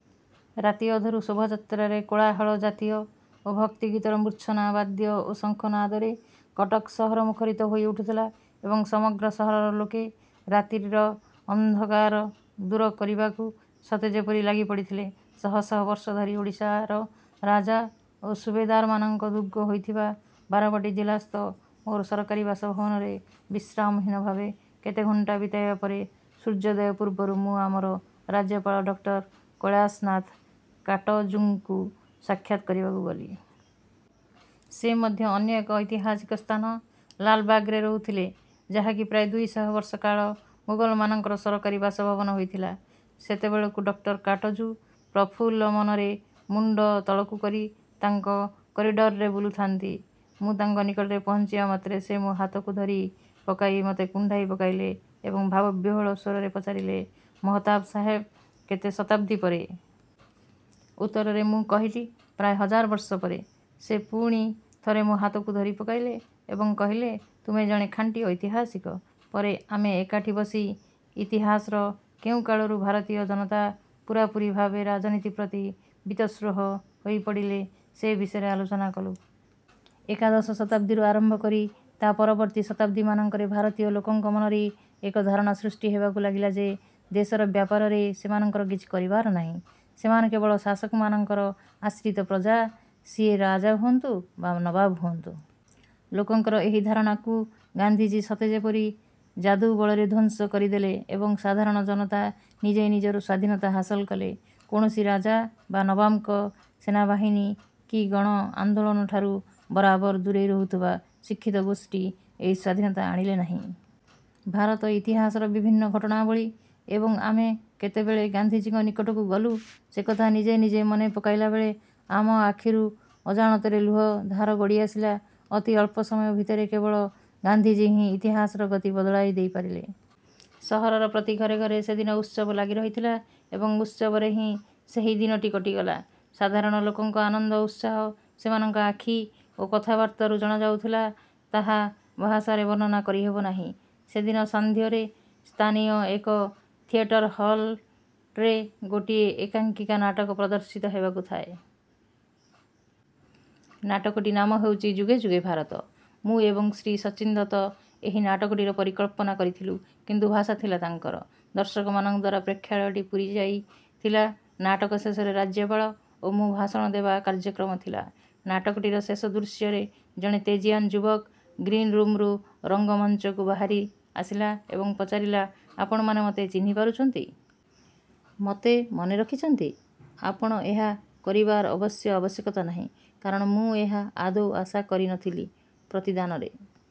ରାତିଅଧରୁ ଶୋଭାଯାତ୍ରାର କୋଳାହଳ ଜାତୀୟ ଓ ଭକ୍ତିଗୀତର ମୂର୍ଚ୍ଛନା ବାଦ୍ୟ ଓ ଶଙ୍ଖ ନାଦରେ କଟକ ସହର ମୁଖରିତ ହୋଇ ଉଠିଥିଲା ଏବଂ ସମଗ୍ର ସହରର ଲୋକେ ରାତ୍ରିର ଅନ୍ଧକାର ଦୂର କରିବାକୁ ସତେ ଯେପରି ଲାଗି ପଡ଼ିଥିଲେ। ଶହ ଶହ ବର୍ଷ ଧରି ଓଡ଼ିଶାର ରାଜା ଓ ସୁବେଦାରମାନଙ୍କ ଦୁର୍ଗ ହୋଇଥିବା ବାରବାଟୀ ଜିଲ୍ଲାସ୍ଥ ମୋର ସରକାରୀ ବାସଭବନରେ ବିଶ୍ରାମହୀନ ଭାବେ କେତେ ଘଣ୍ଟା ବିତାଇବା ପରେ ସୂର୍ଯ୍ୟୋଦୟ ପୂର୍ବରୁ ମୁଁ ଆମର ରାଜ୍ୟପାଳ ଡକ୍ଟର କୈଳାସନାଥ କାଟଜୁଙ୍କୁ ସାକ୍ଷାତ୍ କରିବାକୁ ଗଲି। ସେ ମଧ୍ୟ ଅନ୍ୟ ଏକ ଐତିହାସିକ ସ୍ଥାନ ''ଲାଲବାଗ''ରେ ରହୁଥିଲେ, ଯାହାକି ପ୍ରାୟ ଦୁଇଶହ ବର୍ଷ କାଳ ମୋଗଲମାନଙ୍କର ସରକାରୀ ବାସଭବନ ହୋଇଥିଲା। ସେତେବେଳକୁ ଡକ୍ଟର କାଟଜୁ ପ୍ରଫୁଲ୍ଲମନରେ ମୁଣ୍ଡ ତଳକୁକରି ତାଙ୍କ 'କରିଡ଼ର'ରେ ବୁଲୁଥାନ୍ତି। ମୁଁ ତାଙ୍କ ନିକଟରେ ପହଞ୍ଚିବାମାତ୍ରେ ସେ ମୋ' ହାତକୁ ଧରି ପକାଇ ମୋତେ କୁଣ୍ଢାଇ ପକାଇଲେ ଏବଂ ଭାବବିହ୍ୱଳ ସ୍ୱରରେ ପଚାରିଲେ, 'ମହତାବ ସାହେବ, କେତେ ଶତାବ୍ଦୀ ପରେ? ଉତ୍ତରରେ ମୁଁ କହିଲି, ''ପ୍ରାୟ ହଜାର ବର୍ଷ ପରେ'। ସେ ପୁଣି ଥରେ ମୋ' ହାତକୁ ଧରି ପକାଇଲେ ଏବଂ କହିଲେ, 'ତୁମେ ଜଣେ ଖାଣ୍ଟି ଐତିହାସିକ'। ପରେ ଆମେ ଏକାଠି ବସି ଇତିହାସର କେଉଁକାଳରୁ ଭାରତୀୟ ଜନତା ପୂରାପୂରି ଭାବେ ରାଜନୀତି ପ୍ରତି ବୀତସ୍ପୃହ ହୋଇପଡ଼ିଲେ, ସେ ବିଷୟ ଆଲୋଚନା କଲୁ। ଏକାଦଶ ଶତାବ୍ଦୀରୁ ଆରମ୍ଭ କରି ତା' ପରବର୍ତ୍ତୀ ଶତାବ୍ଦୀମାନଙ୍କରେ ଭାରତୀୟ ଲୋକଙ୍କ ମନରେ ଏକ ଧାରଣା ସୃଷ୍ଟି ହେବାକୁ ଲାଗିଲା ଯେ ଦେଶର ବ୍ୟାପାରରେ ସେମାନଙ୍କର କିଛି କରିବାର ନାହିଁ। ସେମାନେ କେବଳ ଶାସକମାନଙ୍କର ଆଶ୍ରିତ ପ୍ରଜା, ସିଏ ରଜା ହୁଅନ୍ତୁ ବା ନବାବ ହୁଅନ୍ତୁ। ଲୋକଙ୍କର ଏହି ଧାରଣାକୁ ଗାନ୍ଧିଜୀ ସତେ ଯେପରି ଯାଦୁବଳରେ ଧ୍ୱଂସ କରିଦେଲେ ଏବଂ ସାଧାରଣ ଜନତା ନିଜେ ନିଜର ସ୍ୱାଧୀନତା ହାସଲ କଲେ। କୌଣସି ରାଜା ବା ନବାବଙ୍କ ସେନାବାହିନୀ କି ଗଣ ଆନ୍ଦୋଳନଠାରୁ ବରାବର ଦୂରେଇ ରହୁଥିବା ଶିକ୍ଷିତଗୋଷ୍ଠୀ ଏହି ସ୍ୱାଧୀନତା ଆଣିଲେ ନାହିଁ। ଭାରତ ଇତିହାସର ବିଭିନ୍ନ ଘଟଣାବଳୀ ଏବଂ ଆମେ କେତେବେଳେ ଗାନ୍ଧିଜୀଙ୍କ ନିକଟକୁ ଗଲୁ, ସେକଥା ନିଜେ ନିଜେ ମନେ ପକାଇଲାବେଳେ ଆମ ଆଖିରୁ ଅଜାଣତରେ ଲୁହ ଧାର ଗଡ଼ି ଆସିଲା। ଅତି ଅଳ୍ପ ସମୟ ଭିତରେ କେବଳ ଗାନ୍ଧିଜୀ ହିଁ ଇତିହାସର ଗତି ବଦଳାଇ ଦେଇ ପାରିଲେ। ସହରର ପ୍ରତି ଘରେ ଘରେ ସେଦିନ ଉତ୍ସବ ଲାଗି ରହିଥିଲା ଏବଂ ଉତ୍ସବରେ ହିଁ ସେହି ଦିନଟି କଟିଗଲା। ସାଧାରଣ ଲୋକଙ୍କ ଆନନ୍ଦ ଉତ୍ସାହ ସେମାନଙ୍କ ଆଖି ଓ କଥାବାର୍ତ୍ତାରୁ ଜଣାପଡ଼ିଯାଉଥିଲା। ତାହା ଭାଷାରେ ବର୍ଣ୍ଣନା କରି ହେବନାହିଁ। ସେଦିନ ସନ୍ଧ୍ୟାରେ ସ୍ଥାନୀୟ ଏକ ଥିଏଟର୍ ହଲ୍ରେ ଗୋଟିଏ ଏକାଙ୍କିକା ନାଟକ ପ୍ରଦର୍ଶିତ ହେବାକୁ ଥାଏ। ନାଟକଟି ନାମ ହେଉଛି- ''ଯୁଗେ ଯୁଗେ ଭାରତ''। ମୁଁ ଏବଂ ଶ୍ରୀ ସଚ୍ଚିନ ଦତ୍ତ ଏହି ନାଟକଟିର ପରିକଳ୍ପନା କରିଥିଲୁ; କିନ୍ତୁ ଭାଷା ଥିଲା ତାଙ୍କର। ଦର୍ଶକମାନଙ୍କଦ୍ୱାରା ପ୍ରେକ୍ଷାଳୟଟି ପୁରିଯାଇ ଥିଲା। ନାଟକ ଶେଷରେ ରାଜ୍ୟପାଳ ଓ ମୁଁ ଭାଷଣ ଦେବା କାର୍ଯ୍ୟକ୍ରମ ଥିଲା। ନାଟକଟିର ଶେଷ ଦୃଶ୍ୟରେ ଜଣେ ତେଜୀୟାନ୍ ଯୁବକ ଗ୍ରୀନ୍ ରୁମରୁ ରଙ୍ଗମଞ୍ଚକୁ ବାହାରି ଆସିଲା ଏବଂ ପଚାରିଲା- ଆପଣମାନେ ମତେ ଚିହ୍ନି ପାରୁଛନ୍ତି? ମତେ ମନେ ରଖିଛନ୍ତି? ଆପଣ ଏହା କରିବାର ଅବଶ୍ୟ ଆବଶ୍ୟକତା ନାହିଁ; କାରଣ ମୁଁ ଏହା ଆଦୌ ଆଶା କରିନଥିଲି। ପ୍ରତିଦାନରେ